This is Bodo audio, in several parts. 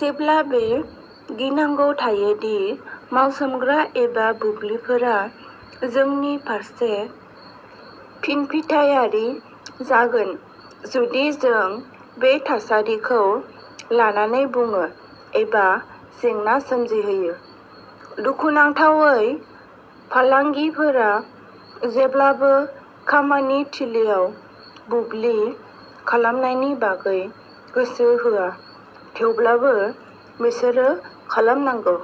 जेब्लाबो बे गिनांगौ थायो दि मावसोमग्रा एबा बुल्लिफोरा जोंनि फारसे फिनफिथायारि जागोन जुदि जों बे थासारिखौ लानानै बुङो एबा जेंना सोमजिहोयो। दुखुनांथावै फालांगिफोरा जेब्लाबो खामानि थिलिआव बुल्बि खालामनायनि बागै गोसो होआ, थेवब्लाबो बिसोरो खालामनांगौ।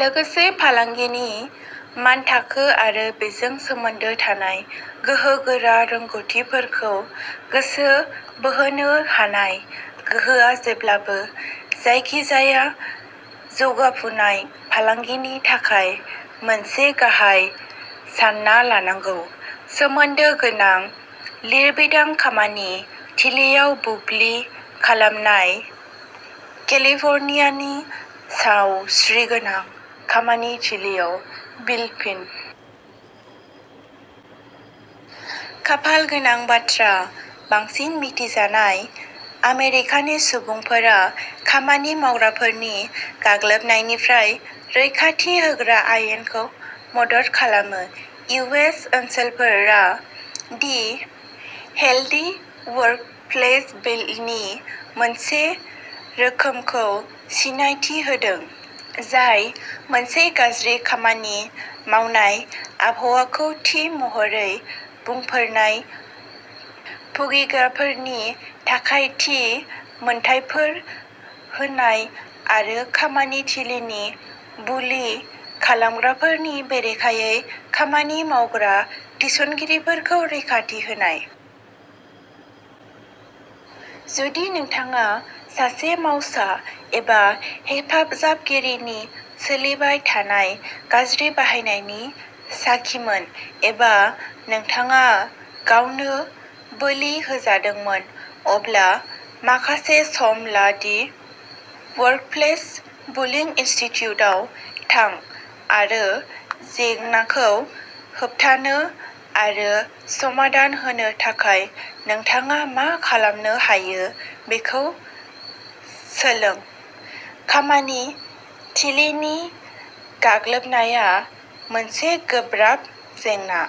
लोगोसे, फालांगिनि मानथाखो आरो बेजों सोमोन्दो थानाय गोहो गोरा रोंग'थिफोरखौ गोसो बोहोनो हानाय गोहोआ जेब्लाबो जायखिजाया जौगाफुनाय फालांगिनि थाखाय मोनसे गाहाय सानना लानांगौ। सोमोन्दो गोनां लिरबिदां खामानि थिलिआव बुब्लि खालामनाय केलिफर्नियानि सावस्रिगोनां खामानि थिलिआव बिलआ फिन? खाफाल गोनां बाथ्रा, बांसिन मिथिजानाय आमेरिकानि सुबुंफोरा खामानि मावग्राफोरनि गाग्लोबनायनिफ्राय रैखाथि होग्रा आयेनखौ मदद खालामो। इउ. एस. ओनसोलफोरा दि हेल्दि वर्कप्लेस बिल नि मोनसे रोखोमखौ सिनायथि होदों, जाय मोनसे गाज्रि खामानि मावनाय आबहावाखौ थि महरै बुंफोरनाय भुगिग्राफोरनि थाखाय थि मोनथायफोर होनाय आरो खामानि थिलिनि बुलि खालामग्राफोरनि बेरेखायै खामानि मावग्रा थिसनगिरिफोरखौ रैखाथि होनाय। जुदि नोंथाङा सासे मावसा एबा हेफाजाबगिरिनि सोलिबाय थानाय गाज्रि बाहायनायनि साखिमोन, एबा नोंथाङा गावनो बोलि होजादोंमोन, अब्ला माखासे सम ला दि वर्कप्लेस बुलिं इनस्टिटिउटआव थां आरो जेंनाखौ होबथानो आरो समाधान होनो थाखाय नोंथाङा मा खालामनो हायो बेखौ सोलों। खामानि थिलिनि गाग्लोबनाया मोनसे गोब्राब जेंना।